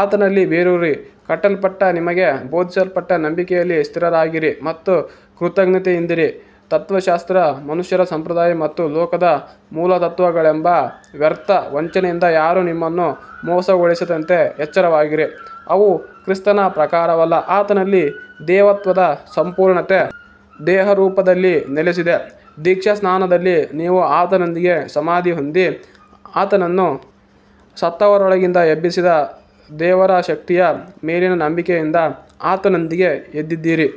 ಆತನಲ್ಲಿ ಬೇರೂರಿ ಕಟ್ಟಲ್ಪಟ್ಟು, ನಿಮಗೆ ಬೋಧಿಸಲ್ಪಟ್ಟ ನಂಬಿಕೆಯಲ್ಲಿ ಸ್ಥಿರರಾಗಿರಿ ಮತ್ತು ಕೃತಜ್ಞತೆಯಿಂದಿರಿ. ತತ್ತ್ವಶಾಸ್ತ್ರ, ಮನುಷ್ಯರ ಸಂಪ್ರದಾಯ ಮತ್ತು ಲೋಕದ ಮೂಲತತ್ತ್ವಗಳೆಂಬ ವ್ಯರ್ಥ ವಂಚನೆಯಿಂದ ಯಾರೂ ನಿಮ್ಮನ್ನು ಮೋಸಗೊಳಿಸದಂತೆ ಎಚ್ಚರವಾಗಿರಿ. ಅವು ಕ್ರಿಸ್ತನ ಪ್ರಕಾರವಲ್ಲ. ಆತನಲ್ಲಿ ದೇವತ್ವದ ಸಂಪೂರ್ಣತೆ ದೇಹರೂಪದಲ್ಲಿ ನೆಲೆಸಿದೆ. ದೀಕ್ಷಾಸ್ನಾನದಲ್ಲಿ ನೀವು ಆತನೊಂದಿಗೆ ಸಮಾಧಿ ಹೊಂದಿ, ಆತನನ್ನು ಸತ್ತವರೊಳಗಿಂದ ಎಬ್ಬಿಸಿದ ದೇವರ ಶಕ್ತಿಯ ಮೇಲಿನ ನಂಬಿಕೆಯಿಂದ ಆತನೊಂದಿಗೆ ಎದ್ದಿದ್ದೀರಿ.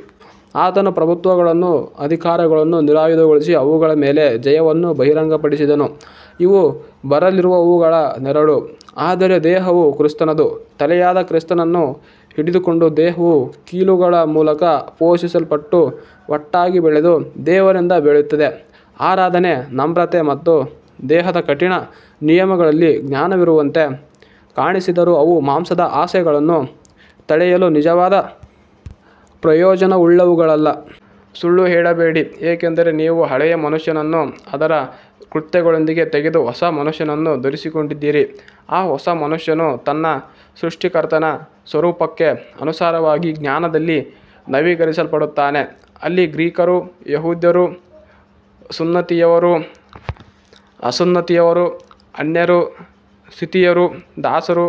ಆತನು ಪ್ರಭುತ್ವಗಳನ್ನೂ ಅಧಿಕಾರಗಳನ್ನೂ ನಿರಾಯುಧಗೊಳಿಸಿ, ಅವುಗಳ ಮೇಲೆ ಜಯವನ್ನು ಬಹಿರಂಗಪಡಿಸಿದನು. ಇವು ಬರಲಿರುವವುಗಳ ನೆರಳು, ಆದರೆ ದೇಹವು ಕ್ರಿಸ್ತನದು. ತಲೆಯಾದ ಕ್ರಿಸ್ತನನ್ನು ಹಿಡಿದುಕೊಂಡು ದೇಹವು ಕೀಲುಗಳ ಮೂಲಕ ಪೋಷಿಸಲ್ಪಟ್ಟು ಒಟ್ಟಾಗಿ ಬೆಳೆದು ದೇವರಿಂದ ಬೆಳೆಯುತ್ತದೆ. ಆರಾಧನೆ, ನಮ್ರತೆ ಮತ್ತು ದೇಹದ ಕಠಿಣ ನಿಯಮಗಳಲ್ಲಿ ಜ್ಞಾನವಿರುವಂತೆ ಕಾಣಿಸಿದರೂ ಅವು ಮಾಂಸದ ಆಸೆಗಳನ್ನು ತಡೆಯಲು ನಿಜವಾದ ಪ್ರಯೋಜನವುಳ್ಳವುಗಳಲ್ಲ. ಸುಳ್ಳು ಹೇಳಬೇಡಿ, ಏಕೆಂದರೆ ನೀವು ಹಳೆಯ ಮನುಷ್ಯನನ್ನು ಅದರ ಕೃತ್ಯಗಳೊಂದಿಗೆ ತೆಗೆದು ಹೊಸ ಮನುಷ್ಯನನ್ನು ಧರಿಸಿಕೊಂಡಿದ್ದೀರಿ. ಆ ಹೊಸ ಮನುಷ್ಯನು ತನ್ನ ಸೃಷ್ಟಿಕರ್ತನ ಸ್ವರೂಪಕ್ಕೆ ಅನುಸಾರವಾಗಿ ಜ್ಞಾನದಲ್ಲಿ ನವೀಕರಿಸಲ್ಪಡುತ್ತಾನೆ. ಅಲ್ಲಿ ಗ್ರೀಕರೂ ಯಹೂದ್ಯರೂ, ಸುನ್ನತಿಯವರೂ ಅಸುನ್ನತಿಯವರೂ, ಅನ್ಯರೂ ಸಿಥಿಯರೂ, ದಾಸರೂ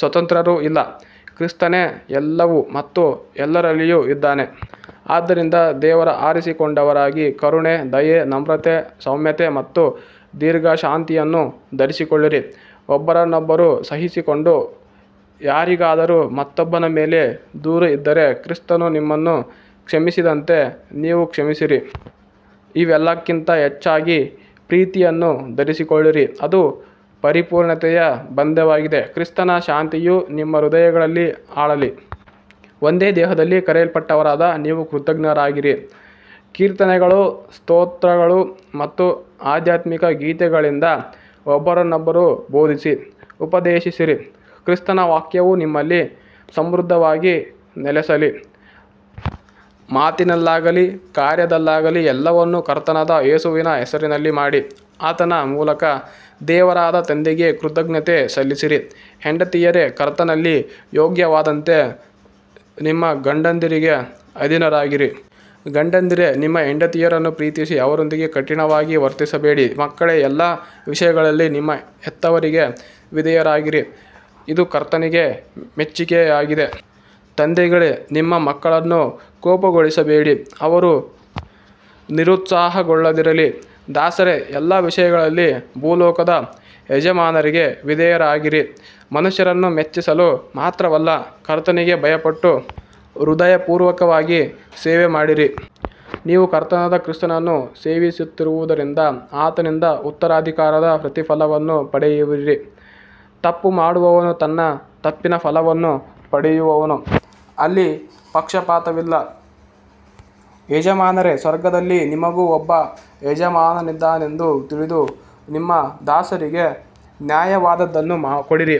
ಸ್ವತಂತ್ರರೂ ಇಲ್ಲ, ಕ್ರಿಸ್ತನೇ ಎಲ್ಲವೂ ಮತ್ತು ಎಲ್ಲರಲ್ಲಿಯೂ ಇದ್ದಾನೆ. ಆದ್ದರಿಂದ ದೇವರ ಆರಿಸಿಕೊಂಡವರಾಗಿ ಕರುಣೆ, ದಯೆ, ನಮ್ರತೆ, ಸೌಮ್ಯತೆ ಮತ್ತು ದೀರ್ಘಶಾಂತಿಯನ್ನು ಧರಿಸಿಕೊಳ್ಳಿರಿ. ಒಬ್ಬರನ್ನೊಬ್ಬರು ಸಹಿಸಿಕೊಂಡು, ಯಾರಿಗಾದರೂ ಮತ್ತೊಬ್ಬನ ಮೇಲೆ ದೂರು ಇದ್ದರೆ ಕ್ರಿಸ್ತನು ನಿಮ್ಮನ್ನು ಕ್ಷಮಿಸಿದಂತೆ ನೀವೂ ಕ್ಷಮಿಸಿರಿ. ಇವೆಲ್ಲಕ್ಕಿಂತ ಹೆಚ್ಚಾಗಿ ಪ್ರೀತಿಯನ್ನು ಧರಿಸಿಕೊಳ್ಳಿರಿ, ಅದು ಪರಿಪೂರ್ಣತೆಯ ಬಂಧವಾಗಿದೆ. ಕ್ರಿಸ್ತನ ಶಾಂತಿಯು ನಿಮ್ಮ ಹೃದಯಗಳಲ್ಲಿ ಆಳಲಿ. ಒಂದೇ ದೇಹದಲ್ಲಿ ಕರೆಯಲ್ಪಟ್ಟವರಾದ ನೀವು ಕೃತಜ್ಞರಾಗಿರಿ. ಕೀರ್ತನೆಗಳು, ಸ್ತೋತ್ರಗಳು ಮತ್ತು ಆಧ್ಯಾತ್ಮಿಕ ಗೀತೆಗಳಿಂದ ಒಬ್ಬರನ್ನೊಬ್ಬರು ಬೋಧಿಸಿ, ಉಪದೇಶಿಸಿರಿ. ಕ್ರಿಸ್ತನ ವಾಕ್ಯವು ನಿಮ್ಮಲ್ಲಿ ಸಮೃದ್ಧವಾಗಿ ನೆಲೆಸಲಿ. ಮಾತಿನಲ್ಲಾಗಲಿ ಕಾರ್ಯದಲ್ಲಾಗಲಿ ಎಲ್ಲವನ್ನೂ ಕರ್ತನಾದ ಯೇಸುವಿನ ಹೆಸರಿನಲ್ಲಿ ಮಾಡಿ, ಆತನ ಮೂಲಕ ದೇವರಾದ ತಂದೆಗೆ ಕೃತಜ್ಞತೆ ಸಲ್ಲಿಸಿರಿ. ಹೆಂಡತಿಯರೇ, ಕರ್ತನಲ್ಲಿ ಯೋಗ್ಯವಾದಂತೆ ನಿಮ್ಮ ಗಂಡಂದಿರಿಗೆ ಅಧೀನರಾಗಿರಿ. ಗಂಡಂದಿರೇ, ನಿಮ್ಮ ಹೆಂಡತಿಯರನ್ನು ಪ್ರೀತಿಸಿ, ಅವರೊಂದಿಗೆ ಕಠಿಣವಾಗಿ ವರ್ತಿಸಬೇಡಿ. ಮಕ್ಕಳೇ, ಎಲ್ಲ ವಿಷಯಗಳಲ್ಲಿ ನಿಮ್ಮ ಹೆತ್ತವರಿಗೆ ವಿಧೇಯರಾಗಿರಿ, ಇದು ಕರ್ತನಿಗೆ ಮೆಚ್ಚಿಕೆಯಾಗಿದೆ. ತಂದೆಗಳೇ, ನಿಮ್ಮ ಮಕ್ಕಳನ್ನು ಕೋಪಗೊಳಿಸಬೇಡಿ, ಅವರು ನಿರುತ್ಸಾಹಗೊಳ್ಳದಿರಲಿ. ದಾಸರೇ, ಎಲ್ಲ ವಿಷಯಗಳಲ್ಲಿ ಭೂಲೋಕದ ಯಜಮಾನರಿಗೆ ವಿಧೇಯರಾಗಿರಿ, ಮನುಷ್ಯರನ್ನು ಮೆಚ್ಚಿಸಲು ಮಾತ್ರವಲ್ಲ, ಕರ್ತನಿಗೆ ಭಯಪಟ್ಟು ಹೃದಯಪೂರ್ವಕವಾಗಿ ಸೇವೆಮಾಡಿರಿ. ನೀವು ಕರ್ತನಾದ ಕ್ರಿಸ್ತನನ್ನು ಸೇವಿಸುತ್ತಿರುವುದರಿಂದ ಆತನಿಂದ ಉತ್ತರಾಧಿಕಾರದ ಪ್ರತಿಫಲವನ್ನು ಪಡೆಯುವಿರಿ. ತಪ್ಪುಮಾಡುವವನು ತನ್ನ ತಪ್ಪಿನ ಫಲವನ್ನು ಪಡೆಯುವನು, ಅಲ್ಲಿ ಪಕ್ಷಪಾತವಿಲ್ಲ. ಯಜಮಾನರೇ, ಸ್ವರ್ಗದಲ್ಲಿ ನಿಮಗೂ ಒಬ್ಬ ಯಜಮಾನನಿದ್ದಾನೆಂದು ತಿಳಿದು ನಿಮ್ಮ ದಾಸರಿಗೆ ನ್ಯಾಯವಾದದ್ದನ್ನು ಕೊಡಿರಿ.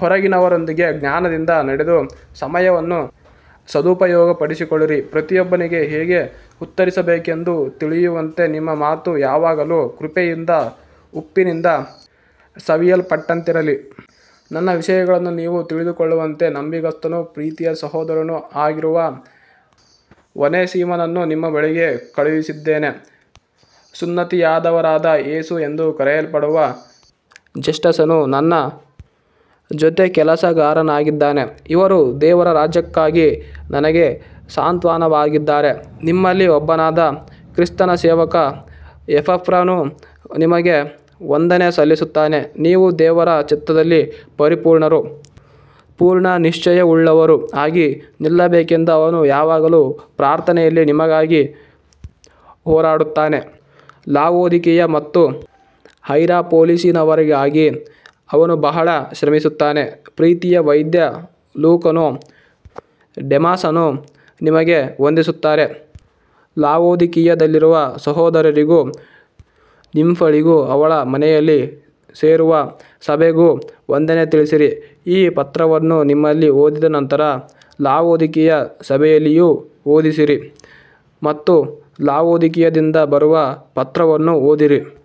ಹೊರಗಿನವರೊಂದಿಗೆ ಜ್ಞಾನದಿಂದ ನಡೆದು, ಸಮಯವನ್ನು ಸದುಪಯೋಗಪಡಿಸಿಕೊಳ್ಳಿರಿ. ಪ್ರತಿಯೊಬ್ಬನಿಗೆ ಹೇಗೆ ಉತ್ತರಿಸಬೇಕೆಂದು ತಿಳಿಯುವಂತೆ ನಿಮ್ಮ ಮಾತು ಯಾವಾಗಲೂ ಕೃಪೆಯಿಂದ, ಉಪ್ಪಿನಿಂದ ಸವಿಯಲ್ಪಟ್ಟಂತಿರಲಿ. ನನ್ನ ವಿಷಯಗಳನ್ನು ನೀವು ತಿಳಿದುಕೊಳ್ಳುವಂತೆ ನಂಬಿಗಸ್ತನೂ ಪ್ರೀತಿಯ ಸಹೋದರನೂ ಆಗಿರುವ ಒನೇಸಿಮನನ್ನು ನಿಮ್ಮ ಬಳಿಗೆ ಕಳುಹಿಸಿದ್ದೇನೆ. ಸುನ್ನತಿಯವರಾದ ಯೇಸು ಎಂದು ಕರೆಯಲ್ಪಡುವ ಜಸ್ಟಸನೂ ನನ್ನ ಜೊತೆಕೆಲಸಗಾರನಾಗಿದ್ದಾನೆ. ಇವರು ದೇವರ ರಾಜ್ಯಕ್ಕಾಗಿ ನನಗೆ ಸಾಂತ್ವನವಾಗಿದ್ದಾರೆ. ನಿಮ್ಮಲ್ಲಿ ಒಬ್ಬನಾದ ಕ್ರಿಸ್ತನ ಸೇವಕ ಎಪಫ್ರನು ನಿಮಗೆ ವಂದನೆ ಸಲ್ಲಿಸುತ್ತಾನೆ. ನೀವು ದೇವರ ಚಿತ್ತದಲ್ಲಿ ಪರಿಪೂರ್ಣರೂ ಪೂರ್ಣನಿಶ್ಚಯವುಳ್ಳವರೂ ಆಗಿ ನಿಲ್ಲಬೇಕೆಂದು ಅವನು ಯಾವಾಗಲೂ ಪ್ರಾರ್ಥನೆಯಲ್ಲಿ ನಿಮಗಾಗಿ ಹೋರಾಡುತ್ತಾನೆ. ಲಾವೊದಿಕೀಯ ಮತ್ತು ಹೈರಾಪೊಲಿಸಿನವರಿಗಾಗಿ ಅವನು ಬಹಳ ಶ್ರಮಿಸುತ್ತಾನೆ. ಪ್ರೀತಿಯ ವೈದ್ಯ ಲೂಕನೂ ಡೆಮಾಸನೂ ನಿಮಗೆ ವಂದಿಸುತ್ತಾರೆ. ಲಾವೊದಿಕೀಯದಲ್ಲಿರುವ ಸಹೋದರರಿಗೂ ನಿಂಫಳಿಗೂ ಅವಳ ಮನೆಯಲ್ಲಿ ಸೇರುವ ಸಭೆಗೂ ವಂದನೆ ತಿಳಿಸಿರಿ. ಈ ಪತ್ರವನ್ನು ನಿಮ್ಮಲ್ಲಿ ಓದಿದ ನಂತರ ಲಾವೊದಿಕೀಯ ಸಭೆಯಲ್ಲಿಯೂ ಓದಿಸಿರಿ ಮತ್ತು ಲಾವೊದಿಕೀಯದಿಂದ ಬರುವ ಪತ್ರವನ್ನೂ ಓದಿರಿ.